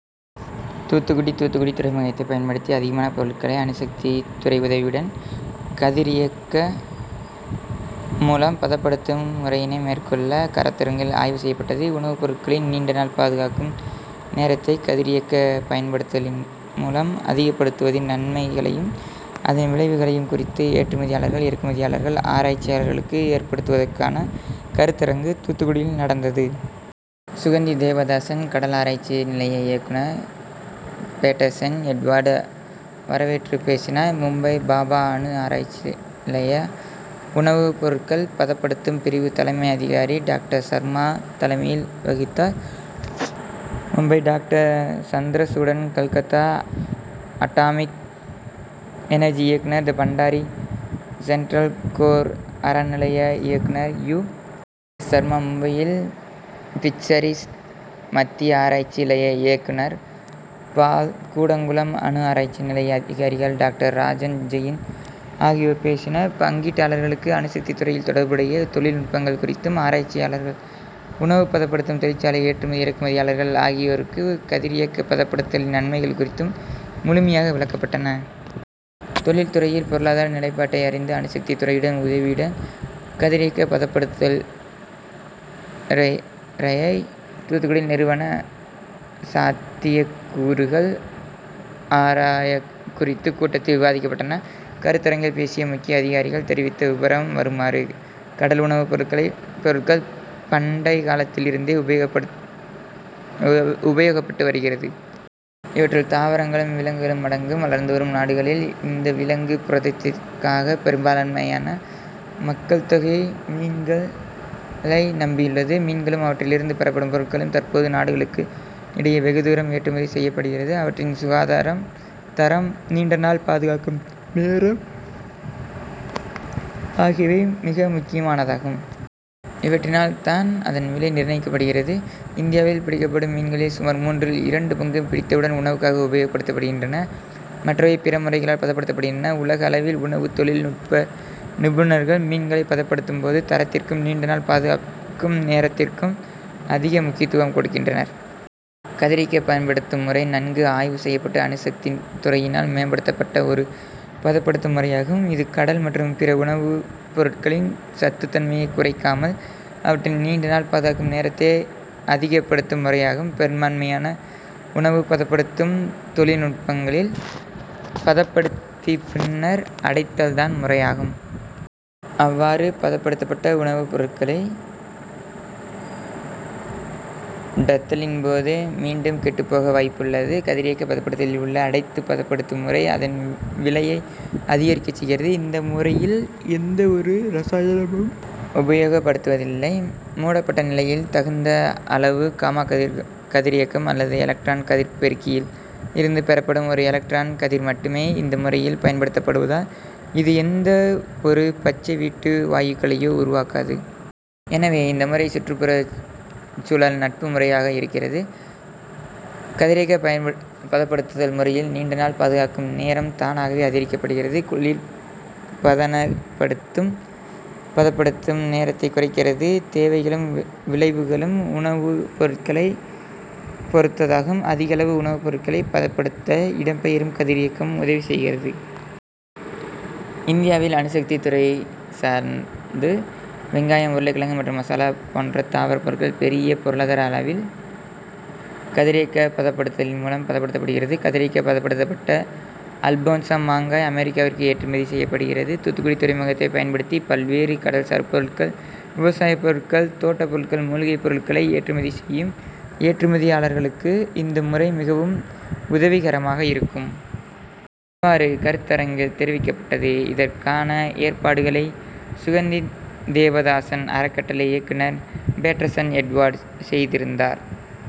தூத்துக்குடி தூத்துக்குடி துறைமுககத்தை பயன்படுத்தி அதிகமான பொருட்களை அணுசக்தி துறை உதவியுடன் கதிரியக்கம் மூலம் பதப்படுத்தும் முறையினை மேற்கொள்ள கருத்தரங்கில் ஆய்வு செய்யப்பட்டது. உணவுப் பொருட்களின் நீண்டநாள் பாதுகாக்கும் நேரத்தை கதிரியக்கப் பதப்படுத்துதலின் மூலம் அதிகப்படுத்துவதின் நன்மைகளையும், அதன் விளைவுகளையும் குறித்து ஏற்றுமதியாளர்கள், இறக்குமதியாளர்கள், ஆராய்ச்சியாளர்களுக்கு ஏற்படுத்துவதற்கான கருத்தரங்கு தூத்துக்குடியில் நடந்தது. சுகந்தி தேவதாசன் கடல் ஆராய்சி நிலைய இயக்குநர் பேட்டர்சன் எட்வர்டு வரவேற்றுப் பேசினார். மும்பை பாபா அணு ஆராய்ச்சி லய உணவு பொருட்கள் பத ப்படுத்தும் பிரிவு தலைமை அதிகாரி டாக்டர் சர்மா தலைமை வகித்தார். Mumbai doctor Chandrachudan, Calcutta atomic energy இயக்குநர் பண்டாரி, சென்ட்ரல் கோர் ஆர நிலைய இயக்குநர் U. S. Sharma, Mumbai fisheries மத்திய ஆராய்சி லய இஈக்குநர் பால், கூடங்குளம் அணு ஆராய்ச்சி நிலைய அதிகாரிகள் டாக்டர் ராஜன், ஜெயின் ஆகியோர் பேசினர். பங்கீட்டாளர்களுக்கு அணுசக்தி துறையில் தொடர்புடையை தொழில் நுட்பங்கள் குறித்தும், ஆராய்ச்சியா ளர்கள், உணவுபதப்படுத்தும் தொழிற்சாலை ஏற்றுமதி, இறக்குதியாளர்கள் ஆ கியோருக்கு கதிரியக்க பதப்படுத்துதலின் நன்மைகள் குறித்து முழுமையாக விளக்கப்பட்டன. தொழில் துறையில் பொருளாதார நிலைப்பாட்டை அறிந்து, அணுசக்தி துறையின் உதவியுடன் கதிரியக்க பதப்படுத்துதல் றயை தூத்துக்குடியில் நிறுவன சாத்தியக் கூறுகள் ஆர குறித்து கூட்டத்தில் விவாதிக்கப்பட்டன. கருத்தரங்கில் பேசிய முக்கிய அதிகாரிகள் தெரிவித்த விபரம் வருமாறு; கடல் உணவு பொருட்கள் பண்டை காலத்தில் இருந்தே உபயோகிக்கப்பட்டு வருகிறது. இவற்றுள் தாவரங்களும், விலங்குகளும் அடங்கும். வளர்ந்துவரும் நாடுகளில் இந்த விலங்கு புரதத்திற்காக பெரும்பான்மையான மக்கள் தொகை மீன்களை நம்பியுள்ளது. மீன்களும் அவற்றில் இருந்து பெறப்படும் பொருட்களும் தற்போது நாடுகளுக்கு இடையே வெகுதூரம் ஏற்றுமதி செய்யப்படுகிறது. அவற்றின் சுகாதாரம், தரம் மற்றும் நீண்டநாள் பாதுகாக்கும் நேரம் ஆகியவை மிக முக்கியமானதாகும். இவற்றினால் தான் அதன் விலை நிர்ணயிக்கப்படுகிறது. இந்தியாவில் பிடிக்கப்படும் மீன்களில் சுமார் மூன்றில் இரண்டு பங்கு பிடித்தவுடன் உணவுக்காக உபயோகப்படுத்தப்படுகின்றன. மற்றவை பிற முறைகளால் பதப்படுத்தப்படுகின்றன. உலக அளவில் உணவு தொழில் நுட்ப நிபுணர்கள் மீன்களை பதப்படுத்தும் போது தரத்திற்கும் நீண்டநாள் பாதுகாக்கும் நேரத்திற்கும் அதிக முக்கியத்துவம் கொடுக்கின்றனர். கதிரியக்க பதப்படுத்தும் முறை நன்கு ஆய்வு செய்யப்பட்டு அணுசக்தி துறையினால் முறைப்படுத்தப்பட்ட ஒரு பதப்படுத்தும் முறையாகும். இது கடல் மற்றும் பிற உணவு பொருட்களின் சத்து தன்மையைக் குறைக்காமல் அவற்றின் நீண்டநாள் பாதுகாக்கும் நேரத்தை அதிகப்படுத்தும் முறையாகும். பெரும்பான்மையான உணவு பதப்படுத்தும் தொ ழில் நுட்பங்களில் பதப்படுத்தி பின்னர் அடைத்தல் தான் முறையாகும். அவ்வாறு பதப்படுத்தப்பட்ட உ ணவு பொருட்களை டத்தலின் போது மீண்டும் கெட்டுப்போக வாய்ப்புள் ளது. கதிரியக்க பதப்படுத்தலில் உள்ள அடைத்து பதப்படுத்தும் முறை அதன் விலையை அதிகரிக்கிறது. இந்த முறையில் எந்த ஒரு ரசாயனமும் உபயோகப்படுத்தப்படுவதில்லை. மூடப்பட்ட நிலையில் தகுந்த அள வு காமா கதிரியக்கம் அல்லது எலக்ட்ரான் கதிர் பெருக்கியில் இருந்து பெறப்படும் ஒரு எலக்ட்ரான் கதிர் மட்டுமே இந்த முறையில் பயன்படுத்தப்படுவதால், இது எந்த ஒரு பச்சை வீட்டு வா யுக்களையோ உருவாக்காது. எனவே இந்த முறை சுற்றுச்சூழல் நட்பு முறையாகவும் இருக்கிறது. கதிரியக்க பதப்படுத்துதல் முறையில் நீண்டநாள் பாதுகாக்கும் நேரம் தானாகவே அதிகப்படுத்தப்படுகிறது. குளிர்பதன பதப்படுத்தும் நேரத்தை குறைக்கிறது. தே வைகளும், விளைவுகளும் உணவு பொருட்களை பொ ருத்ததாகும். அதிக அளவு உணவு பொருட்களை பதப்படுத்த இடம் பெயரும் கதிரியக்கம் உதவி செய்கிறது. இந்தியாவில் அணுசக்தி துறையை சார்ந்து வெங்காயம், உருளைக்கிழங்கு மற்றும் மசாலா போன்ற தாவர பொருட்கள் பெரிய பொ ருளாதார அளவில் கதிரியக்க பதப்படுத்துதலின் மூலம் பதப்படுத்தப்படுகிறது. கதிரியக்கப் பதப்படுத்தப்பட்ட அல்போன்சா மாங்காய் அமெரிக்காவிற்கும் ஏற்றுமதி செய்யப்படுகிறது. தூத்துக்குடி துறைமுகத்தை பயன்படுத்தி பல்வே று கடல்சார் பொருட்கள், விவசாய பொருட்கள், தோ ட்டப் பொருட்கள், மூலிகைப் பொருட்களை ஏற்றுமதி செய்யும் ஏற்றுமதியாளர்களுக்கு இந்த முறை மிகவும் உதவிகரமாக இருக்கும். இவ்வாறு கருத்தரங்கில் தெரிவிக்கப்பட்டது. இதற்கான ஏற்பாடுகளை சுகந்தி தேவதாசன் அறக்கட்டளை இயக்குநர் பேட்டர்சன் எட்வர்டு செய்திருந்தார்.